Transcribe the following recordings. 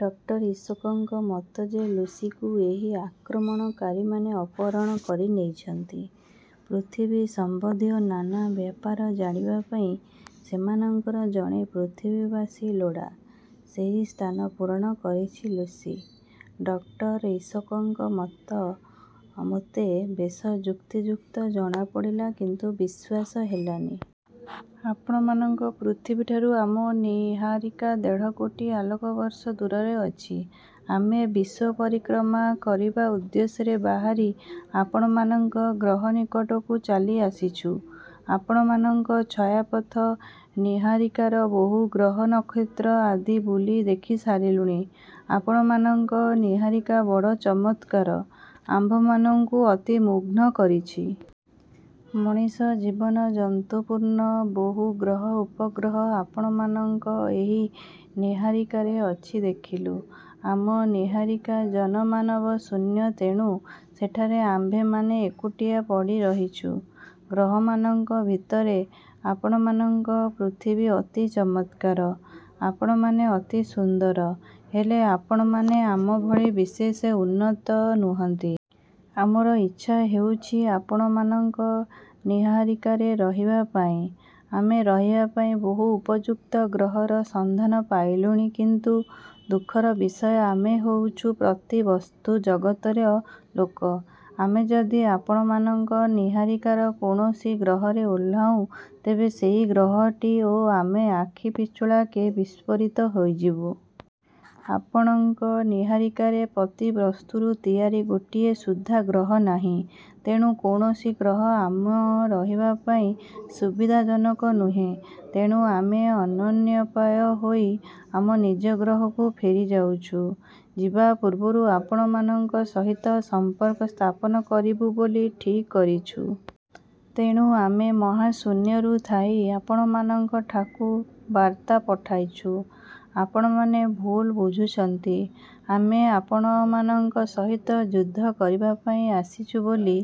Doctor ଇସୋଙ୍କ ମତ ଯେ ଲୁସିକୁ ଏହି ଆକ୍ରମଣକାରୀମାନେ ଅପହରଣ କରି ନେଇଛନ୍ତି। ପୃଥିବୀ-ସମ୍ବନ୍ଧୀୟ ନାନା ବ୍ୟାପାର ଜାଣିବା ପାଇଁ ସେମାନଙ୍କର ଜଣେ ପୃଥିବୀବାସୀ ଲୋଡ଼ା, ସେହି ସ୍ଥାନ ପୂରଣ କରିଛି ଲୁସି। ଡକ୍ଟର ଇସୋଙ୍କ ମତ ମୋତେ ବେଶ ଯୁକ୍ତିଯୁକ୍ତ ଜଣାପଡ଼ିଲା କିନ୍ତୁ ବିଶ୍ୱାସ ହେଲାନି। ଆପଣମାନଙ୍କ ପୃଥିବୀଠାରୁ ଆମ ନୀହାରିକା ଦେଢ଼କୋଟି ଆଲୋକବର୍ଷ ଦୂରରେ ଅଛି। ଆମେ ବିଶ୍ୱ ପରିକ୍ରମା କରିବା ଉଦ୍ଦେଶ୍ୟରେ ବାହାରି ଆପଣମାନଙ୍କ ଗ୍ରହନିକଟକୁ ଚାଲି ଆସିଛୁଁ। ଆପଣମାନଙ୍କ ଛାୟାପଥ ନୀହାରିକାର ବହୁ ଗ୍ରହ ନକ୍ଷତ୍ର ଆଦି ବୁଲି ଦେଖିସାରିଲୁଣି। ଆପଣମାନଙ୍କ ନୀହାରିକା ବଡ଼ ଚମତ୍କାର, ଆମ୍ଭମାନଙ୍କୁ ଅତି ମୁଗ୍ଧ କରିଛି। ମଣିଷ ଜୀବଜନ୍ତୁପୂର୍ଣ୍ଣ ବହୁ ଗ୍ରହ ଉପଗ୍ରହ ଆପଣମାନଙ୍କ ଏହି ନୀହାରିକାରେ ଅଛି ଦେଖିଲୁ। ଆମ ନୀହାରିକା ଜନମାନବ ଶୂନ୍ୟ ତେଣୁ ସେଠାରେ ଆମ୍ଭେମାନେ ଏକୁଟିଆ ପଡ଼ିରହିଛୁଁ। ଗ୍ରହମାନଙ୍କ ଭିତରେ ଆପଣମାନଙ୍କ ପୃଥିବୀ ଅତି ଚମତ୍କାର। ଆପଣମାନେ ଅତି ସୁନ୍ଦର। ହେଲେ, ଆପଣମାନେ ଆମ ଭଳି ବିଶେଷ ଉନ୍ନତ ନୁହନ୍ତି। ଆମର ଇଚ୍ଛା ହେଉଛି, ଆପଣମାନଙ୍କ ନୀହାରିକାରେ ରହିବା ପାଇଁ। ଆମେ ରହିବାପାଇଁ ବହୁ ଉପଯୁକ୍ତ ଗ୍ରହର ସନ୍ଧାନ ପାଇଲୁଣି କିନ୍ତୁ ଦୁଃଖର ବିଷୟ, ଆମେ ହେଉଛୁଁ ପ୍ରତିବସ୍ତୁ ଜଗତର ଲୋକ। ଆମେ ଯଦି ଆପଣମାନଙ୍କ ନୀହାରିକାର କୌଣସି ଗ୍ରହରେ ଓହ୍ଲାଉଁ, ତେବେ ସେହି ଗ୍ରହଟି ଓ ଆମେ ଆଖିପିଛୁଳାକେ ବିସ୍ଫୋରିତ ହୋଇଯିବୁଁ। ଆପଣଙ୍କ ନୀହାରିକାରେ ପ୍ରତିବସ୍ତୁରୁ ତିଆରି ଗୋଟାଏ ସୁଦ୍ଧା ଗ୍ରହ ନାହିଁ। ତେଣୁ କୌଣସି ଗ୍ରହ ଆମ ରହିବା ପାଇଁ ସୁବିଧାଜନକ ନୁହେଁ। ତେଣୁ ଆମେ ଅନନ୍ୟୋପାୟ ହୋଇ ଆମ ନିଜ ଗ୍ରହକୁ ଫେରିଯାଉଛୁଁ। ଯିବା ପୂର୍ବରୁ ଆପଣମାନଙ୍କ ସହିତ ସମ୍ପର୍କ ସ୍ଥାପନ କରିବୁଁ ବୋଲି ଠିକ୍ କରିଛୁଁ। ତେଣୁ ଆମେ ମହାଶୂନ୍ୟରୁ ଥାଇ ଆପଣମାନଙ୍କଠାକୁ ବାର୍ତ୍ତା ପଠାଇଛୁ। ଆପଣମାନେ ଭୁଲ ବୁଝିଛନ୍ତି, ଆମେ ଆପଣମାନଙ୍କ ସହିତ ଯୁଦ୍ଧ କରିବା ପାଇଁ ଆସିଛୁ ବୋଲି।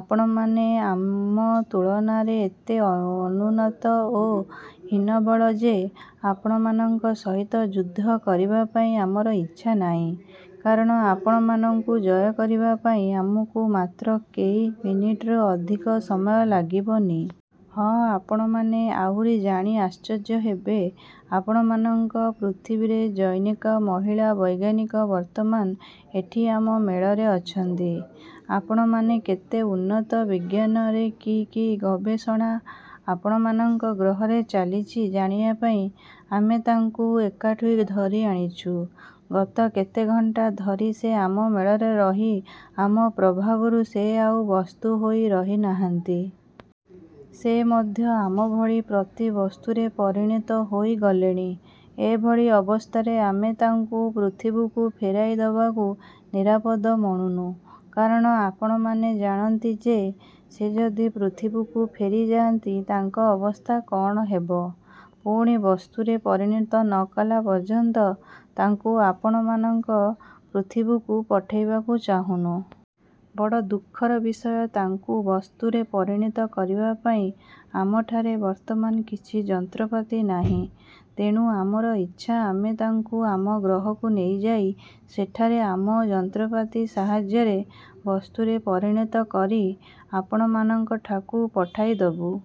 ଆପଣମାନେ ଆମ ତୁଳନାରେ ଏତେ ଅନୁନ୍ନତ ଓ ହୀନବଳ ଯେ ଆପଣମାନଙ୍କ ସହିତ ଯୁଦ୍ଧ କରିବା ପାଇଁ ଆମର ଇଚ୍ଛା ନାହିଁ, କାରଣ ଆପଣମାନଙ୍କୁ ଜୟ କରିବା ପାଇଁ ଆମକୁ ମାତ୍ର କେଇ ମିନିଟ୍ରୁ ଅଧିକ ସମୟ ଲାଗିବନି। ହଁ ଆପଣମାନେ ଆହୁରି ଜାଣି ଆଶ୍ଚର୍ଯ୍ୟ ହେବେ, ଆପଣମାନଙ୍କ ପୃଥିବୀର ଜନୈକା ମହିଳା ବୈଜ୍ଞାନିକ ବର୍ତ୍ତମାନ ଏଠି ଆମ ମେଳରେ ଅଛନ୍ତି। ଆପଣମାନେ କେତେ ଉନ୍ନତ ବିଜ୍ଞାନରେ କି କି ଗବେଷଣା ଆପଣମାନଙ୍କ ଗ୍ରହରେ ଚାଲିଛି ଜାଣିବା ପାଇଁ ଆମେ ତାଙ୍କୁ ଏଠାକୁ ଧରିଆଣିଛୁଁ। ଗତ କେତେ ଘଣ୍ଟା ଧରି ସେ ଆମ ମେଳରେ ରହି ଆମ ପ୍ରଭାବରୁ ସେ ଆଉ ବସ୍ତୁ ହୋଇ ରହିନାହାନ୍ତି। ସେ ମଧ୍ୟ ଆମ ଭଳି ପ୍ରତିବସ୍ତୁରେ ପରିଣତ ହୋଇ ଗଲେଣି। ଏଭଳି ଅବସ୍ଥାରେ ଆମେ ତାଙ୍କୁ ପୃଥିବୀକୁ ଫେରାଇ ଦେବାକୁ ନିରାପଦ ମଣୁନୁ। କାରଣ ଆପଣମାନେ ଜାଣନ୍ତି, ସେ ଯଦି ପୃଥିବୀକୁ ଫେରିଯାନ୍ତି, ତାଙ୍କ ଅବସ୍ଥା କ'ଣ ହେବ? ପୁଣି ବସ୍ତୁରେ ପରିଣତ ନ କଲା ପର୍ଯ୍ୟନ୍ତ ତାଙ୍କୁ ଆପଣମାନଙ୍କ ପୃଥିବୀକୁ ପଠାଇବାକୁ ଚାହୁଁନୁ। ବଡ଼ ଦୁଃଖର ବିଷୟ ତାଙ୍କୁ ବସ୍ତୁରେ ପରିଣତ କରିବା ପାଇଁ ଆମଠାରେ ବର୍ତ୍ତମାନ କିଛି ଯନ୍ତ୍ରପାତି ନାହିଁ। ତେଣୁ ଆମର ଇଚ୍ଛା, ଆମେ ତାଙ୍କୁ ଆମ ଗ୍ରହକୁ ନେଇଯାଇ ସେଠାରେ ଆମ ଯନ୍ତ୍ରପାତି ସାହାଯ୍ୟରେ ବସ୍ତୁରେ ପରିଣତ କରି ଆପଣମାନଙ୍କଠାକୁ ପଠାଇଦେବୁଁ।